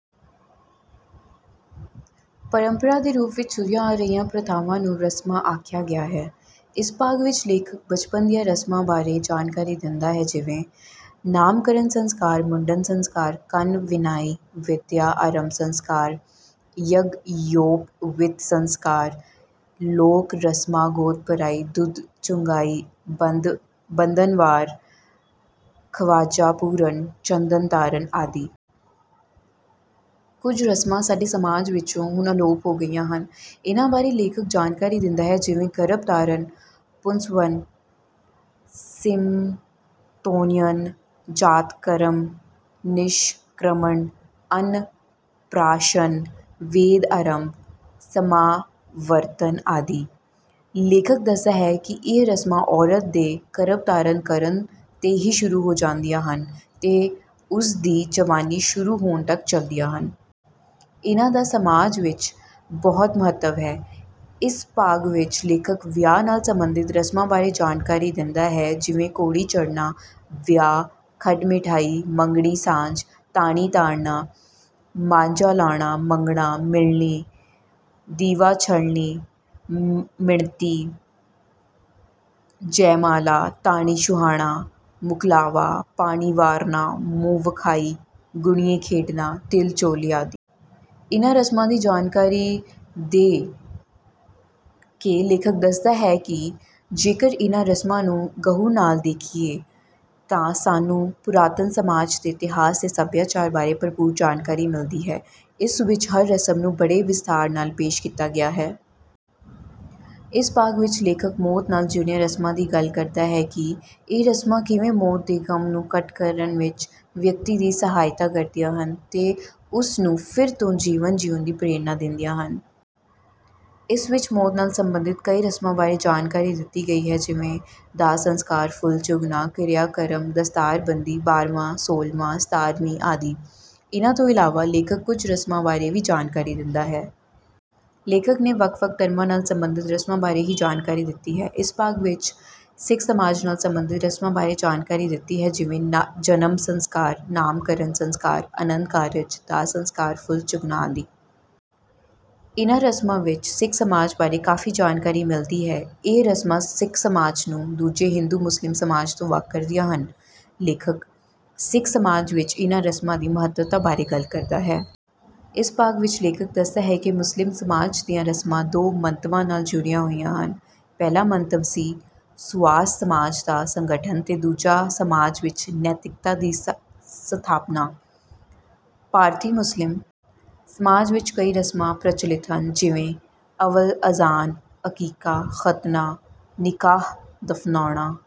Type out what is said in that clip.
ਪਰੰਪਰਾ ਦੇ ਰੂਪ ਵਿੱਚ ਤੁਰੀਆਂ ਆ ਰਹੀਆਂ ਪ੍ਰਥਾਵਾਂ ਨੂੰ ਰਸਮਾਂ ਆਖਿਆ ਗਿਆ ਹੈ। ਇਸ ਭਾਗ ਵਿੱਚ ਲੇਖਕ ਬਚਪਨ ਦੀਆਂ ਰਸਮਾਂ ਬਾਰੇ ਜਾਣਕਾਰੀ ਦਿੰਦਾ ਹੈ, ਜਿਵੇਂ :- ਨਾਮਕਰਨ ਸੰਸਕਾਰ, ਮੁੰਡਨ ਸੰਸਕਾਰ, ਕੰਨ-ਵਿੰਨ੍ਹਾਈ, ਵਿੱਦਿਆ ਆਰੰਭ ਸੰਸਕਾਰ, ਯੱਗਯੋਪਵੀਤ ਸੰਸਕਾਰ, ਲੋਕ ਰਸਮਾਂ, ਗੋਦ ਭਰਾਈ, ਦੁੱਧ ਚੁੰਘਾਈ, ਬੰਧਨਵਾਰ, ਖਵਾਜਾ-ਪੂਰਨ, ਚੰਦਨ ਧਾਰਨ ਆਦਿ। ਕੁਝ ਰਸਮਾਂ ਸਾਡੇ ਸਮਾਜ ਵਿੱਚੋਂ ਹੁਣ ਅਲੋਪ ਹੋ ਗਈਆਂ ਹਨ, ਇਹਨਾਂ ਬਾਰੇ ਲੇਖਕ ਜਾਣਕਾਰੀ ਦਿੰਦਾ ਹੈ, ਜਿਵੇਂ ਗਰਭਧਾਰਨ, ਪੁੰਸਵਨ, ਸੀਮੰਤੋਨਯਨ, ਜਾਤਕਰਮ, ਨਿਸ਼ਕ੍ਰਮਣ, ਅੰਨ-ਪ੍ਰਾਸ਼ਨ, ਵੇਦ-ਆਰੰਭ, ਸਮਾਵਰਤਨ ਆਦਿ। ਲੇਖਕ ਦੱਸਦਾ ਹੈ ਕਿ ਇਹ ਰਸਮਾਂ ਔਰਤ ਦੇ ਗਰਭ ਧਾਰਨ ਕਰਨ 'ਤੇ ਹੀ ਸ਼ੁਰੂ ਹੋ ਜਾਂਦੀਆਂ ਹਨ ਤੇ ਉਸ ਦੀ ਜਵਾਨੀ ਸ਼ੁਰੂ ਹੋਣ ਤੱਕ ਚਲਦੀਆਂ ਹਨ। ਇਹਨਾਂ ਦਾ ਸਮਾਜ ਵਿੱਚ ਬਹੁਤ ਮਹੱਤਵ ਹੈ। ਇਸ ਭਾਗ ਵਿੱਚ ਲੇਖਕ ਵਿਆਹ ਨਾਲ ਸਬੰਧਤ ਰਸਮਾਂ ਬਾਰੇ ਜਾਣਕਾਰੀ ਦਿੰਦਾ ਹੈ, ਜਿਵੇਂ ਘੋੜੀ ਚੜ੍ਹਨਾ, ਵਿਆਹ, ਖੱਟ-ਮਿਠਾਈ, ਮੰਗਣੀ, ਸਾਂਝ, ਤਾਣੀ ਤਾਣਨਾ, ਮਾਂਝਾ ਲਾਉਣਾ, ਮੰਗਣਾ, ਮਿਲਣੀ, ਦੀਵਾ-ਛੱਲਣੀ, ਮਿਣਤੀ, ਜੈਮਾਲਾ, ਤਾਣੀ ਛੁਹਾਣਾ, ਮੁਕਲਾਵਾ, ਪਾਣੀ ਵਾਰਨਾ, ਮੂੰਹ ਵਿਖਾਈ, ਗੁਣੀਏ ਖੇਡਣਾ, ਤਿਲ-ਚੋਲੀ ਆਦਿ। ਇਹਨਾਂ ਰਸਮਾਂ ਦੀ ਜਾਣਕਾਰੀ ਦੇ ਕੇ ਲੇਖਕ ਦੱਸਦਾ ਹੈ ਕਿ ਜੇਕਰ ਇਹਨਾਂ ਰਸਮਾਂ ਨੂੰ ਗਹੁ ਨਾਲ ਦੇਖੀਏ ਤਾਂ ਸਾਨੂੰ ਪੁਰਾਤਨ ਸਮਾਜ ਦੇ ਇਤਿਹਾਸ ਤੇ ਸੱਭਿਆਚਾਰ ਬਾਰੇ ਭਰਪੂਰ ਜਾਣਕਾਰੀ ਮਿਲਦੀ ਹੈ। ਇਸ ਵਿੱਚ ਹਰ ਰਸਮ ਨੂੰ ਬੜੇ ਵਿਸਥਾਰ ਨਾਲ ਪੇਸ਼ ਕੀਤਾ ਗਿਆ ਹੈ। ਇਸ ਭਾਗ ਵਿੱਚ ਲੇਖਕ ਮੌਤ ਨਾਲ ਜੁੜੀਆਂ ਰਸਮਾਂ ਦੀ ਗੱਲ ਕਰਦਾ ਹੈ ਕਿ ਇਹ ਰਸਮਾਂ ਕਿਵੇਂ ਮੌਤ ਦੇ ਗ਼ਮ ਨੂੰ ਘੱਟ ਕਰਨ ਵਿੱਚ ਵਿਅਕਤੀ ਦੀ ਸਹਾਇਤਾ ਕਰਦੀਆਂ ਹਨ ਤੇ ਉਸ ਨੂੰ ਫਿਰ ਤੋਂ ਜੀਵਨ ਜਿਉਣ ਦੀ ਪ੍ਰੇਰਨਾ ਦਿੰਦੀਆਂ ਹਨ। ਇਸ ਵਿੱਚ ਮੌਤ ਨਾਲ ਸਬੰਧਤ ਕਈ ਰਸਮਾਂ ਬਾਰੇ ਜਾਣਕਾਰੀ ਦਿੱਤੀ ਗਈ ਹੈ, ਜਿਵੇਂ ਦਾਹ-ਸੰਸਕਾਰ, ਫੁੱਲ ਚੁਗਣਾ, ਕਿਰਿਆ-ਕਰਮ, ਦਸਤਾਰ-ਬੰਦੀ, ਬਾਰ੍ਹਵਾਂ, ਸੋਲ੍ਹਵਾਂ, ਸਤਾਰ੍ਹਵੀਂ ਆਦਿ। ਇਹਨਾਂ ਤੋਂ ਇਲਾਵਾ ਲੇਖਕ ਕੁਝ ਲੋਕ ਰਸਮਾਂ ਬਾਰੇ ਵੀ ਜਾਣਕਾਰੀ ਦਿੰਦਾ ਹੈ। ਲੇਖਕ ਨੇ ਵੱਖ-ਵੱਖ ਧਰਮਾਂ ਨਾਲ ਸਬੰਧਤ ਰਸਮਾਂ ਬਾਰੇ ਹੀ ਜਾਣਕਾਰੀ ਦਿੱਤੀ ਹੈ। ਇਸ ਭਾਗ ਵਿੱਚ ਸਿੱਖ ਸਮਾਜ ਨਾਲ ਸਬੰਧਤ ਰਸਮਾਂ ਬਾਰੇ ਜਾਣਕਾਰੀ ਦਿੱਤੀ ਹੈ, ਜਿਵੇਂ - ਜਨਮ ਸੰਸਕਾਰ, ਨਾਮਕਰਨ ਸੰਸਕਾਰ, ਅਨੰਦ ਕਾਰਜ, ਦਾਹ-ਸੰਸਕਾਰ, ਫੁੱਲ ਚੁਗਣਾ ਆਦਿ। ਇਹਨਾਂ ਰਸਮਾਂ ਵਿੱਚ ਸਿੱਖ ਸਮਾਜ ਬਾਰੇ ਕਾਫ਼ੀ ਜਾਣਕਾਰੀ ਮਿਲਦੀ ਹੈ। ਇਹ ਰਸਮਾਂ ਸਿੱਖ ਸਮਾਜ ਨੂੰ ਦੂਜੇ ਹਿੰਦੂ-ਮੁਸਲਿਮ ਸਮਾਜ ਤੋਂ ਵੱਖ ਕਰਦੀਆਂ ਹਨ। ਲੇਖਕ ਸਿੱਖ ਸਮਾਜ ਵਿੱਚ ਇਹਨਾਂ ਰਸਮਾਂ ਦੀ ਮਹੱਤਤਾ ਬਾਰੇ ਗੱਲ ਕਰਦਾ ਹੈ। ਇਸ ਭਾਗ ਵਿੱਚ ਲੇਖਕ ਦੱਸਦਾ ਹੈ ਕਿ ਮੁਸਲਿਮ ਸਮਾਜ ਦੀਆਂ ਰਸਮਾਂ ਦੋ ਮੰਤਵਾਂ ਨਾਲ ਜੁੜੀਆਂ ਹੋਈਆਂ ਹਨ। ਪਹਿਲਾ ਮੰਤਵ ਸੀ ਸੁਆਸਥ ਸਮਾਜ ਦਾ ਸੰਗਠਨ ਤੇ ਦੂਜਾ ਸਮਾਜ ਵਿੱਚ ਨੈਤਿਕਤਾ ਦੀ ਸਥਾਪਨਾ। ਭਾਰਤੀ ਮੁਸਲਿਮ ਸਮਾਜ ਵਿੱਚ ਕਈ ਰਸਮਾਂ ਪ੍ਰਚੱਲਿਤ ਹਨ, ਜਿਵੇਂ ਅਵਲ-ਅਜ਼ਾਨ, ਅਕੀਕਾ, ਖ਼ਤਨਾ, ਨਿਕਾਹ, ਦਫ਼ਨਾਉਣਾ